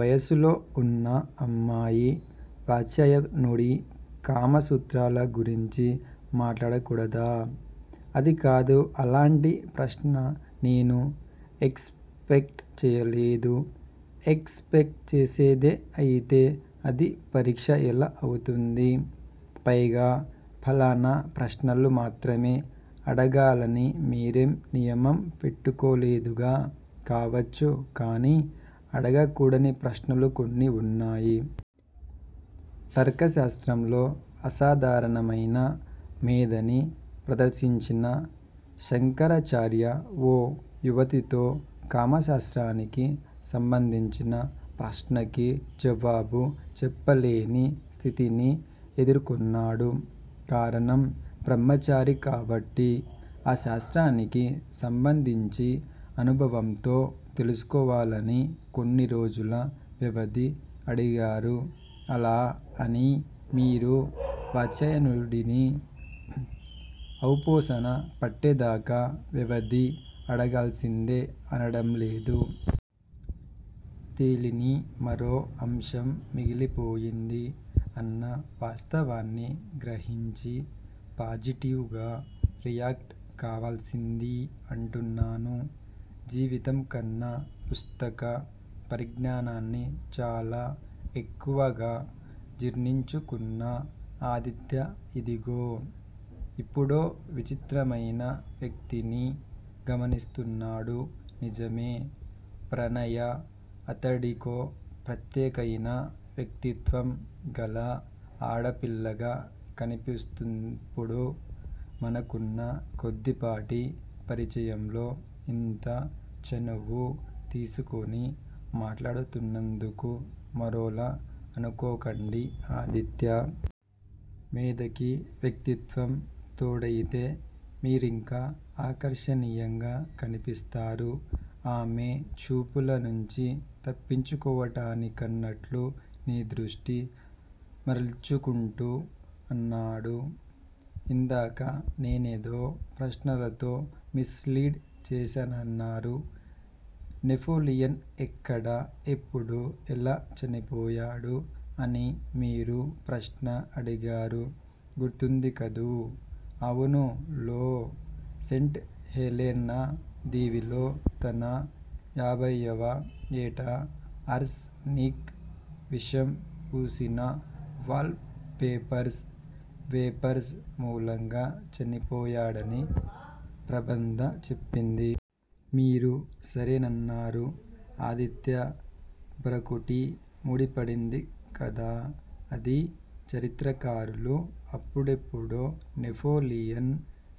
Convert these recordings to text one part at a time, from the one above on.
వయసులో వున్న అమ్మాయి వాత్స్యాయనుడి కామసూత్రాల గురించి మాట్లాడకూడదా? అది కాదు అలాంటి ప్రశ్న నేను ఎక్స్ పెక్ట్ చేయలేదు. ఎక్స్ పెక్ట్ చేసేదే అయితే అది పరీక్ష ఎలా అవుతుంది? పైగా ఫలానా ప్రశ్నలు మాత్రమే అడగాలని మీరేం నియమం పెట్టుకోలేదుగా? కావచ్చు కాని అడగకూడని ప్రశ్నలూ కొన్ని వున్నాయి. తర్కశాస్త్రంలో అసాధారణమయిన మేధని ప్రదర్శించిన శంకరాచార్య ఓ యువతితో కామశాస్త్రానికి సంబంధించిన ప్రశ్నకి జవాబు చెప్పలేని స్థితిని ఎదుర్కొన్నాడు. కారణం బ్రహ్మచారి కాబట్టి. ఆ శాస్త్రానికి సంబంధించి అనుభవంతో తెలుసుకోవాలని కొన్నిరోజుల వ్యవధి అడిగారు. అలా అని మీరూ వాత్స్యాయనుడిని ఔపోసన పట్టేదాకా వ్యవధి అడగాల్సిందే అనడంలేదు. తెలీని మరో అంశం మిగిలిపోయింది అన్న వాస్తవాన్ని గ్రహించి పాజిటివ్ గా రియాక్ట్ కావాల్సిందీ అంటున్నాను. జీవితంకన్నా పుస్తక పరిజ్ఞానాన్ని చాలా ఎక్కువగా జీర్ణించుకున్న ఆదిత్య ఇదిగో, ఇప్పుడో విచిత్రమయిన వ్యక్తిని గమనిస్తున్నాడు. నిజమే. ప్రణయ అతడికో ప్రత్యేకయిన వ్యక్తిత్వం గల ఆడపిల్లగా కనిపిస్తోందిప్పుడు. మనకున్న కొద్దిపాటి పరిచయంలో ఇంత చనువు తీసుకుని మాట్లాడుతున్నందుకు మరోలా అనుకోకండి ఆదిత్యా! మేధకి వ్యక్తిత్వం తోడయితే మీరింకా ఆకర్షణీయంగా కనిపిస్తారు. ఆమె చూపుల నుంచి తప్పించుకోవడానికన్నట్లు నీ దృష్టి మరల్చుకుంటూ అన్నాడు. ఇందాక నేనేదో ప్రశ్నలతో మిస్ లీడ్ చేశానన్నారు? నెపోలియన్ ఎక్కడ ఎప్పుడు ఎలా చనిపోయాడు అని మీరు ప్రశ్న అడిగారు, గుర్తుంది కదూ? అవును లో సెంట్ హెలెనా దీవిలో తన యాభయ్యవ ఏట ఆర్స్ నిక్ విషం పూసిన వాల్ పేపర్స్ వేపర్స్ మూలంగా చనిపోయాడని ప్రబంధ చెప్పింది. మీరు సరేనన్నారు. ఆదిత్య భ్రుకుటి ముడిపడింది కాదా? అది చరిత్రకారులు అప్పుడెప్పుడో నెపోలియన్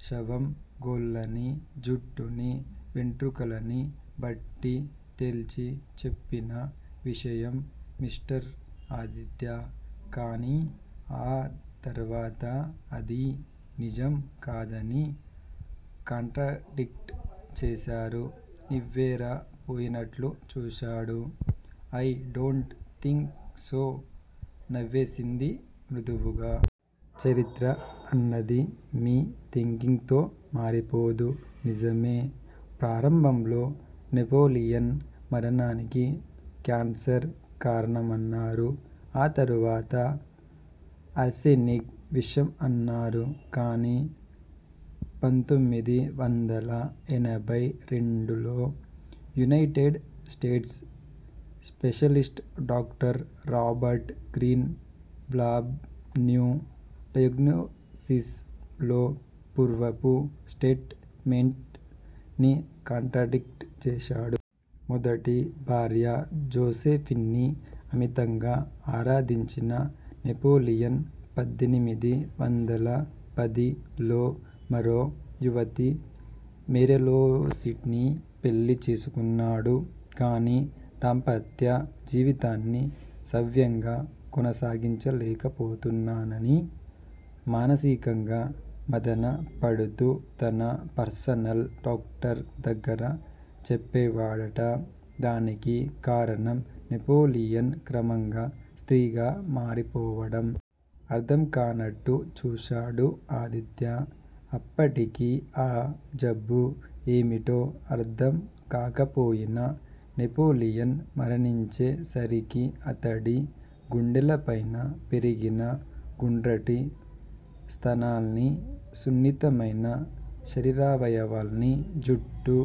శవం గోళ్ళని, జుట్టుని, వెంట్రుకలని బట్టి తేల్చి చెప్పిన విషయం మిస్టర్ ఆదిత్యా! కాని ఆ తర్వాత అది నిజం కాదని కాంట్రాడిక్ట్ చేశారు. నివ్వెర పోయినట్లు చూశాడు. ఐ డోంట్ థింక్ సో నవ్వేసింది మృదువుగా. చరిత్ర అన్నది మీ థింకింగ్ తో మారిపోదు. నిజమే! ప్రారంభంలో నెపోలియన్ మరణానికి క్యాన్సర్ కారణమన్నారు. ఆ తర్వాత ఆర్సెనిక్ విషం అన్నారు కాని పంతొమ్మిది వందల ఎనబై రెండు లో United States specialist doctor Robert Greenblatt new diagnosis లో పూర్వపు స్టేట్ మెంట్స్ ని కాంట్రాడిక్ట్ చేశాడు. మొదటి భార్య జోసెఫిన్ని అమితంగా ఆరాధించిన నెపోలియన్ పద్దెనిమిది వందల పది లో మరో యువతి మేరేలోసీని పెళ్ళి చేసుకున్నాడు. కాని దాంపత్య జీవితాన్ని సవ్యంగా కొనసాగించలేకపోతున్నానని మానసికంగా మధన పడుతూ తన పర్సనల్ డాక్టర్ దగ్గర చెప్పేవాడట. దానికి కారణం నెపోలియన్ క్రమంగా స్త్రీగా మారిపోవడం. అర్ధంకానట్టు చూశాడు ఆదిత్య. అప్పటికి ఆ జబ్బు ఏమిటో అర్ధం కాకపోయినా, నెపోలియన్ మరణించే సరికి అతడి గుండెలపైన పెరిగిన గుండ్రటి స్థనాల్నీ, సున్నితమైన శరీరావయవాల్నీ, జుట్టు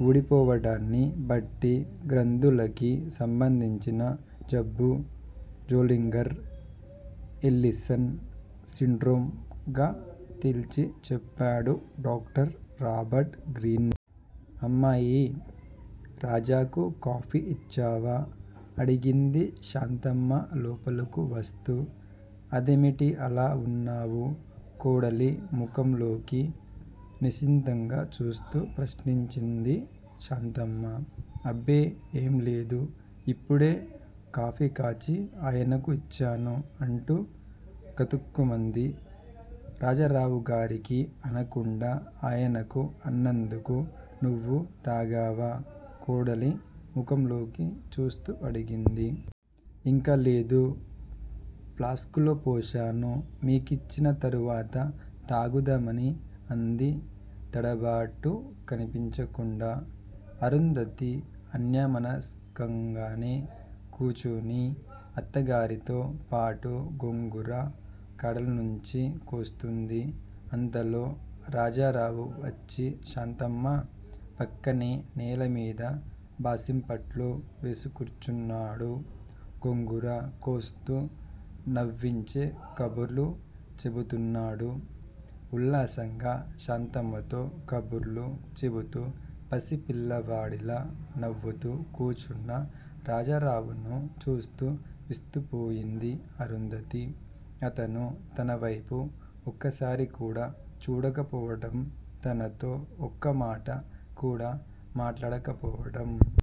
వూడిపోవడాన్ని బట్టి గ్రంథులకి సంబంధించిన జబ్బు 'జోలింగర్ ఎల్లిసన్ సిండ్రోమ్' గా తేల్చి చెప్పాడు డాక్టర్ రాబర్ట్ గ్రీన్. అమ్మాయ్! రాజాకు కాఫీ ఇచ్చావా? అడిగింది శాంతమ్మ లోపలకు వస్తూ. అదేమిటి అలా వున్నావు? కోడలి ముఖంలోకి నిశితంగా చూస్తూ ప్రశ్నించింది శాంతమ్మ. అబ్బే! ఏంలేదు. ఇప్పుడే కాఫీకాచి ఆయనకు ఇచ్చాను అంటూ గతుక్కుమంది, రాజారావుగారికి అనకుండా ఆయనకు అన్నందుకు. నువ్వు తాగావా? కోడలి ముఖంలోకి చూస్తూ అడిగింది. ఇంకా లేదు ఫ్లాస్కులో పోశాను, మీకిచ్చిన తరవాత తాగుదామని అంది తడబాటు కనిపించకుండా. అరుంధతి అన్యమనస్కంగానే కూచుని అత్తగారితో పాటు గోంగూర కాడల్నుంచి కోస్తూంది. అంతలో రాజారావు వచ్చి శాంతమ్మ పక్కనే నేల మీద బాసింపట్టు వేసుక్కూర్చున్నాడు. గోంగూర కోస్తూ నవ్వించే కబుర్లు చెబుతున్నాడు. ఉల్లాసంగా శాంతమ్మతో కబుర్లు చెబుతూ పసి పిల్లవాడిలా నవ్వుతూ కూచున్న రాజారావును చూస్తూ విస్తుపోయింది అరుంధతి. అతను తనవైపు ఒక్కసారికూడా చూడకపోవటం, తనతో ఒక్కమాట కూడా మాట్లాడకపోవటం